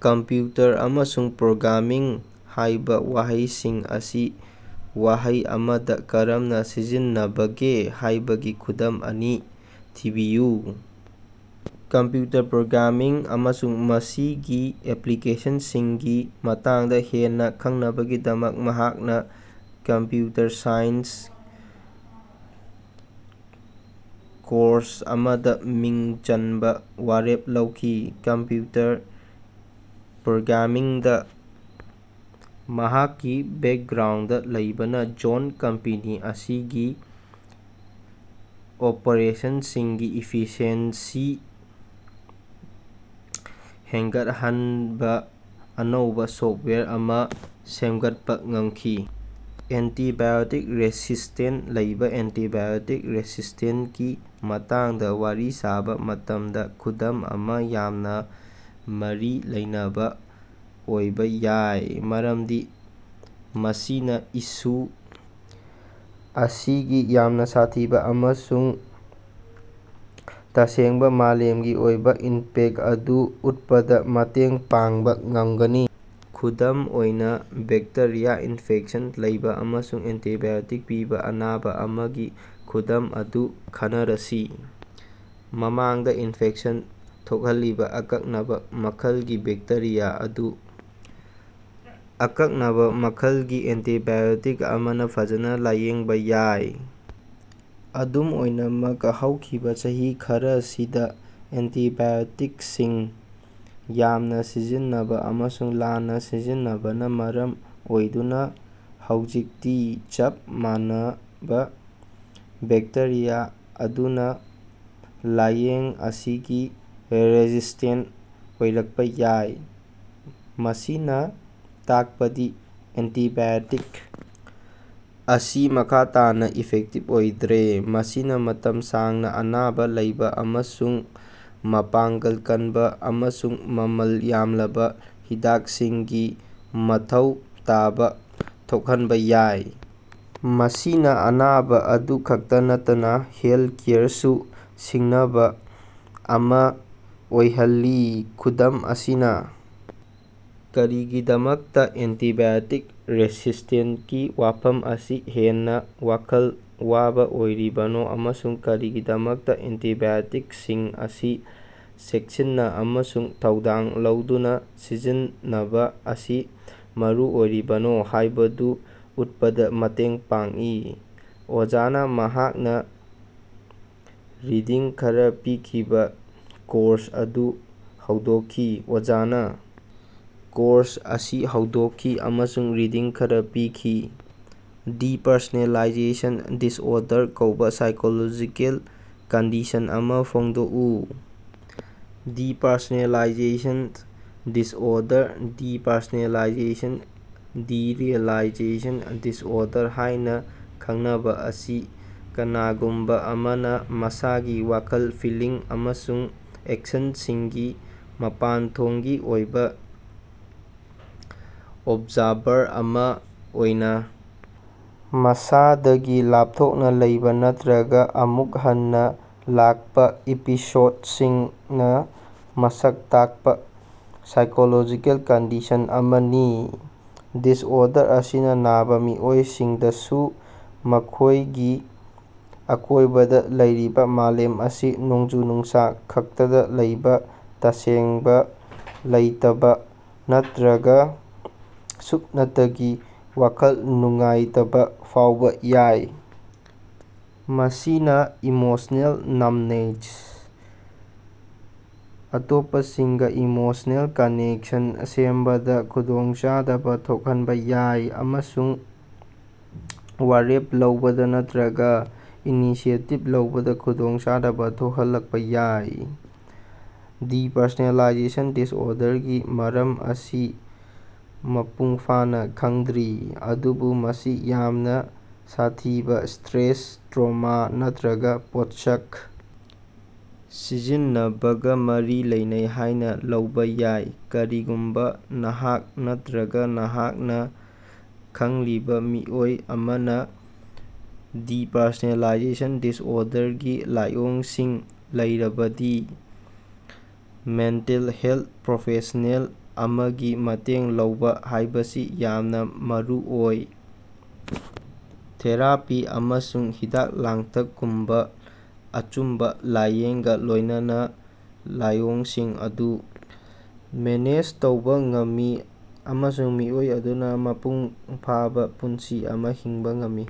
"Computer" ꯑꯃꯁꯨꯡ "programming" ꯍꯥꯏꯕ ꯋꯥꯍꯩꯁꯤꯡ ꯑꯁꯤ ꯋꯥꯍꯩ ꯑꯃꯗ ꯀꯔꯝꯅ ꯁꯤꯖꯤꯟꯅꯕꯒꯦ ꯍꯥꯏꯕꯒꯤ ꯈꯨꯗꯝ ꯑꯅꯤ ꯊꯤꯕꯤꯌꯨ꯫ ꯀꯝꯄ꯭ꯌꯨꯇꯔ ꯄ꯭ꯔꯣꯒ꯭ꯔꯥꯃꯤꯡ ꯑꯃꯁꯨꯡ ꯃꯁꯤꯒꯤ ꯑꯦꯞꯂꯤꯀꯦꯁꯟꯁꯤꯡꯒꯤ ꯃꯇꯥꯡꯗ ꯍꯦꯟꯅ ꯈꯪꯅꯕꯒꯤꯗꯃꯛ ꯃꯍꯥꯛꯅ ꯀꯝꯄꯌꯨꯇꯔ ꯁꯥꯏꯟꯁ ꯀꯣꯔꯁ ꯑꯃꯗ ꯃꯤꯡ ꯆꯟꯕ ꯋꯥꯔꯦꯞ ꯂꯧꯈꯤ꯫ ꯀꯝꯄ꯭ꯌꯨꯇꯔ ꯄ꯭ꯔꯣꯒ꯭ꯔꯥꯃꯤꯡꯗ ꯃꯍꯥꯛꯀꯤ ꯕꯦꯀꯒ꯭ꯔꯥꯎꯟꯗ ꯂꯩꯕꯅ ꯖꯣꯟꯗ ꯀꯝꯄꯦꯅꯤ ꯑꯁꯤꯒꯤ ꯑꯣꯄꯔꯦꯁꯟꯁꯤꯡꯒꯤ ꯏꯐꯤꯁꯤꯑꯦꯟꯁꯤ ꯍꯦꯟꯒꯠꯍꯟꯕ ꯑꯅꯧꯕ ꯁꯣꯐꯋꯥꯌꯔ ꯑꯃ ꯁꯦꯝꯒꯠꯄ ꯉꯝꯈꯤ꯫ ꯑꯦꯟꯇꯤꯕꯥꯏꯑꯣꯇꯤꯛ ꯔꯦꯁꯤꯁ꯭ꯇꯦꯟꯁ ꯂꯩꯕ ꯑꯦꯟꯇꯤꯕꯥꯏꯑꯣꯇꯤꯛ ꯔꯦꯁꯤꯁ꯭ꯇꯦꯟꯁꯀꯤ ꯃꯇꯥꯡꯗꯥ ꯋꯥꯔꯤ ꯁꯥꯕ ꯃꯇꯝꯗ ꯈꯨꯗꯝ ꯑꯃ ꯌꯥꯝꯅ ꯃꯔꯤ ꯂꯩꯅꯕ ꯑꯣꯏꯕ ꯌꯥꯏ꯫ ꯃꯔꯝꯗꯤ ꯃꯁꯤꯅ ꯏꯁꯨ ꯑꯁꯤꯒꯤ ꯌꯥꯝꯅ ꯁꯥꯊꯤꯕ ꯑꯃꯁꯨꯡ ꯇꯁꯦꯡꯕ ꯃꯥꯂꯦꯝꯒꯤ ꯑꯣꯏꯕ ꯏꯝꯄꯦꯛꯇ ꯑꯗꯨ ꯎꯠꯄꯗ ꯃꯇꯦꯡ ꯄꯥꯡꯕ ꯉꯝꯒꯅꯤ꯫ ꯈꯨꯗꯝ ꯑꯣꯏꯅ ꯕꯦꯛꯇꯦꯔꯤꯌꯥ ꯏꯅꯐꯦꯛꯁꯟ ꯂꯩꯕ ꯑꯃꯁꯨꯡ ꯑꯦꯟꯇꯤꯕꯥꯏꯑꯣꯇꯤꯛ ꯄꯤꯕ ꯑꯅꯥꯕ ꯑꯃꯒꯤ ꯈꯨꯗꯝ ꯑꯗꯨ ꯈꯟꯅꯔꯁꯤ꯫ ꯃꯃꯥꯡꯗ ꯏꯅꯐꯦꯛꯁꯟ ꯊꯣꯛꯍꯜꯂꯤꯕ ꯑꯀꯛꯅꯕ ꯃꯈꯜꯒꯤ ꯕꯦꯛꯇꯦꯔꯤꯌꯥ ꯑꯗꯨ ꯑꯀꯛꯅꯕ ꯃꯈꯜꯒꯤ ꯑꯦꯟꯇꯤꯕꯥꯏꯑꯣꯇꯤꯛ ꯑꯃꯅ ꯐꯖꯅ ꯂꯥꯌꯦꯡꯕ ꯌꯥꯏ꯫ ꯑꯗꯨꯝ ꯑꯣꯏꯅꯃꯛ, ꯍꯧꯈꯤꯕꯥ ꯆꯍꯤ ꯈꯔꯁꯤꯗ ꯑꯦꯟꯇꯤꯕꯥꯏꯑꯣꯇꯤꯛꯁꯤꯡ ꯌꯥꯝꯅ ꯁꯤꯖꯤꯟꯅꯕ ꯑꯃꯁꯨꯡ ꯂꯥꯟꯅ ꯁꯤꯖꯤꯟꯅꯕꯅ ꯃꯔꯝ ꯑꯣꯏꯗꯨꯅ ꯍꯧꯖꯤꯛꯇꯤ ꯆꯞ ꯃꯥꯟꯅꯕ ꯕꯦꯛꯇꯦꯔꯤꯌꯥ ꯑꯗꯨꯅ ꯂꯥꯌꯦꯡ ꯑꯁꯤꯒꯤ ꯔꯦꯁꯤꯁ꯭ꯇꯦꯟꯇ ꯑꯣꯏꯔꯛꯄ ꯌꯥꯏ꯫ ꯃꯁꯤꯅ ꯇꯥꯛꯄꯗꯤ ꯑꯦꯟꯇꯤꯕꯥꯏꯑꯣꯇꯤꯛ ꯑꯁꯤ ꯃꯈꯥ ꯇꯥꯅ ꯏꯐꯦꯛꯇꯤꯕ ꯑꯣꯏꯗ꯭ꯔꯦ꯫ ꯃꯁꯤꯅ ꯃꯇꯝ ꯁꯥꯡꯅ ꯑꯅꯥꯕ ꯂꯩꯕ ꯑꯃꯁꯨꯡ ꯃꯄꯥꯡꯒꯜ ꯀꯟꯕ ꯑꯃꯁꯨꯡ ꯃꯃꯜ ꯌꯥꯝꯂꯕ ꯍꯤꯗꯥꯛꯁꯤꯡꯒꯤ ꯃꯊꯧ ꯇꯥꯕ ꯊꯣꯛꯍꯟꯕ ꯌꯥꯏ꯫ ꯃꯁꯤꯅ ꯑꯅꯥꯕ ꯑꯗꯨ ꯈꯛꯇ ꯅꯠꯇꯅ ꯍꯦꯜꯊꯀꯦꯌꯔ ꯁꯤꯁ꯭ꯇꯦꯝꯗꯁꯨ ꯁꯤꯡꯅꯕ ꯑꯃ ꯑꯣꯏꯍꯜꯂꯤ꯫ ꯈꯨꯗꯝ ꯑꯁꯤꯅ ꯀꯔꯤꯒꯤꯗꯃꯛꯇ ꯑꯦꯟꯇꯤꯕꯥꯏꯑꯣꯇꯤꯛ ꯔꯦꯁꯤꯁ꯭ꯇꯦꯟꯁꯀꯤ ꯋꯥꯐꯝ ꯑꯁꯤ ꯍꯦꯟꯅ ꯋꯥꯈꯜ ꯋꯥꯕ ꯑꯣꯏꯔꯤꯕꯅꯣ ꯑꯃꯁꯨꯡ ꯀꯔꯤꯒꯤꯗꯃꯛꯇ ꯑꯦꯟꯇꯤꯕꯥꯏꯑꯣꯇꯤꯛꯁꯤꯡ ꯑꯁꯤ ꯆꯦꯛꯁꯤꯟꯅ ꯑꯃꯁꯨꯡ ꯊꯧꯗꯥꯡ ꯂꯧꯗꯨꯅ ꯁꯤꯖꯤꯟꯅꯕ ꯑꯁꯤ ꯃꯔꯨꯑꯣꯏꯕꯅꯣ ꯍꯥꯏꯕꯗꯨ ꯎꯠꯄꯗ ꯃꯇꯦꯡ ꯄꯥꯡꯏ꯫ ꯑꯣꯖꯥꯅ ꯃꯍꯥꯛꯅ ꯔꯤꯗꯤꯡ ꯈꯔ ꯄꯤꯈꯤꯕ ꯀꯣꯔꯁ ꯑꯗꯨ ꯍꯧꯗꯣꯛꯈꯤ꯫ ꯑꯣꯖꯥꯅꯥ ꯀꯣꯔꯁ ꯑꯁꯤ ꯍꯧꯗꯣꯛꯈꯤ ꯑꯃꯁꯨꯡ ꯔꯤꯗꯤꯡ ꯈꯔ ꯄꯤꯈꯤ꯫ "ꯗꯤꯄꯔꯁꯣꯅꯦꯂꯥꯏꯖꯦꯁꯟ ꯗꯤꯁꯑꯣꯔꯗꯔ" ꯀꯧꯕ ꯁꯥꯏꯀꯣꯂꯣꯖꯤꯀꯦꯜ ꯀꯟꯗꯤꯁꯟ ꯑꯃ ꯐꯣꯡꯗꯣꯛꯎ꯫ ꯗꯤꯄꯔꯁꯣꯅꯦꯂꯥꯏꯖꯦꯁꯟ ꯗꯤꯁꯑꯣꯔꯗꯔ, ꯗꯤꯄꯔꯁꯣꯅꯦꯂꯥꯏꯖꯦꯁꯟ-ꯗꯤꯔꯤꯑꯦꯂꯥꯏꯖꯦꯁꯟ ꯗꯤꯁꯑꯣꯔꯗꯔ ꯍꯥꯢꯅ ꯈꯪꯅꯕ ꯑꯁꯤ, ꯀꯅꯥꯒꯨꯝꯕ ꯑꯃꯅ ꯃꯁꯥꯒꯤ ꯋꯥꯈꯜ, ꯐꯤꯜꯂꯤꯡ ꯑꯃꯁꯨꯡ ꯑꯦꯛꯁꯟꯁꯤꯡꯒꯤ ꯃꯄꯥꯟꯊꯣꯡꯒꯤ ꯑꯣꯏꯕ ꯑꯣꯕꯖꯥꯔꯚꯔ ꯑꯃ ꯑꯣꯏꯅ, ꯃꯁꯥꯗꯒꯤ ꯂꯥꯄꯊꯣꯛꯅ ꯂꯩꯕ ꯅꯠꯇ꯭ꯔꯒ ꯑꯃꯨꯛ ꯍꯟꯅ ꯂꯥꯛꯄ ꯑꯦꯄꯤꯁꯣꯗꯁꯤꯡꯅꯥ ꯃꯁꯛ ꯇꯥꯛꯄ ꯁꯥꯏꯀꯣꯂꯣꯖꯤꯀꯦꯜ ꯀꯟꯗꯤꯁꯟ ꯑꯃꯅꯤ꯫ ꯗꯤꯁꯑꯣꯔꯗꯔ ꯑꯁꯤꯅ ꯅꯥꯕ ꯃꯤꯑꯣꯏꯁꯤꯡꯗꯁꯨ ꯃꯈꯣꯏꯒꯤ ꯑꯀꯣꯏꯕꯗ ꯂꯩꯔꯤꯕ ꯃꯥꯂꯦꯝ ꯑꯁꯤ ꯅꯣꯡꯖꯨ-ꯅꯨꯡꯁꯥ ꯈꯥꯛꯇꯅ ꯂꯩꯕ ꯇꯁꯦꯡꯕ ꯂꯩꯇꯕ ꯅꯠꯇ꯭ꯔꯒ ꯁꯨꯞꯅꯒꯤ ꯋꯥꯈꯜ ꯅꯨꯡꯉꯥꯏꯇꯕ ꯐꯥꯎꯕ ꯌꯥꯏ꯫ ꯃꯁꯤꯅ ꯏꯃꯣꯁꯅꯦꯜ ꯅ꯭ꯌꯨꯝꯕꯅꯦꯁ, ꯑꯇꯣꯞꯄꯁꯤꯡꯒ ꯏꯃꯣꯁꯅꯦꯜ ꯀꯅꯦꯛꯁꯟ ꯁꯦꯝꯕꯗ ꯈꯨꯗꯣꯡꯆꯥꯗꯕ ꯊꯣꯛꯍꯟꯕ ꯌꯥꯏ꯫ ꯑꯃꯁꯨꯡ ꯋꯥꯔꯦꯞ ꯂꯧꯕꯗ ꯅꯠꯇ꯭ꯔꯒ ꯏꯅꯤꯁꯤꯑꯦꯇꯤꯚ ꯂꯧꯕꯗ ꯈꯨꯗꯣꯡꯆꯥꯗꯕ ꯊꯣꯛꯍꯜꯂꯛꯄ ꯌꯥꯏ꯫ ꯗꯤꯄꯔꯁꯣꯅꯦꯂꯥꯏꯖꯦꯁꯟ ꯗꯤꯁꯑꯣꯔꯗꯔꯒꯤ ꯃꯔꯝ ꯑꯁꯤ ꯃꯄꯨꯡꯐꯥꯅ ꯈꯪꯗ꯭ꯔꯤ꯫ ꯑꯗꯨꯕꯨ ꯃꯁꯤ ꯌꯥꯝꯅ ꯁꯥꯊꯤꯕ ꯁ꯭ꯇꯔꯦꯁ, ꯇ꯭ꯔꯥꯎꯃ ꯅꯠꯇ꯭ꯔꯒ ꯄꯣꯠꯁꯛ ꯁꯤꯖꯤꯟꯅꯕꯒ ꯃꯔꯤ ꯂꯩꯅꯩ ꯍꯥꯏꯅ ꯂꯧꯅꯩ꯫ ꯀꯔꯤꯒꯨꯝꯕ ꯅꯍꯥꯛ ꯅꯠꯇ꯭ꯔꯒ ꯅꯍꯥꯛꯅ ꯈꯪꯂꯤꯕ ꯃꯤꯑꯣꯏ ꯑꯃꯅ ꯗꯤꯄꯔꯁꯣꯅꯦꯂꯥꯏꯖꯦꯁꯟ ꯗꯤꯁꯑꯣꯔꯗꯔꯒꯤ ꯂꯥꯏꯑꯣꯡꯁꯤꯡ ꯂꯩꯔꯕꯗꯤ ꯃꯦꯟꯇꯦꯜ ꯍꯦꯂꯊ ꯄ꯭ꯔꯣꯐꯦꯁꯅꯦꯜ ꯑꯃꯗꯒꯤ ꯃꯇꯦꯡ ꯂꯧꯕ ꯍꯥꯏꯕꯁꯤ ꯌꯥꯝꯅ ꯃꯔꯨꯑꯣꯏ꯫ ꯊꯦꯔꯥꯄꯤ ꯑꯃꯁꯨꯡ ꯍꯤꯗꯥꯛ-ꯂꯥꯡꯊꯛꯒꯨꯝꯕ ꯑꯆꯨꯝꯕ ꯂꯥꯏꯌꯦꯡꯒ ꯂꯣꯏꯅꯅ ꯂꯥꯏꯑꯣꯡꯁꯤꯡ ꯑꯗꯨ ꯃꯦꯅꯦꯖ ꯇꯧꯕ ꯉꯝꯃꯤ꯫ ꯑꯃꯁꯨꯡ ꯃꯤꯑꯣꯏ ꯑꯗꯨꯅ ꯃꯄꯨꯡꯐꯥꯕ ꯄꯨꯟꯁꯤ ꯑꯃ ꯍꯤꯡꯕ ꯉꯝꯃꯤ꯫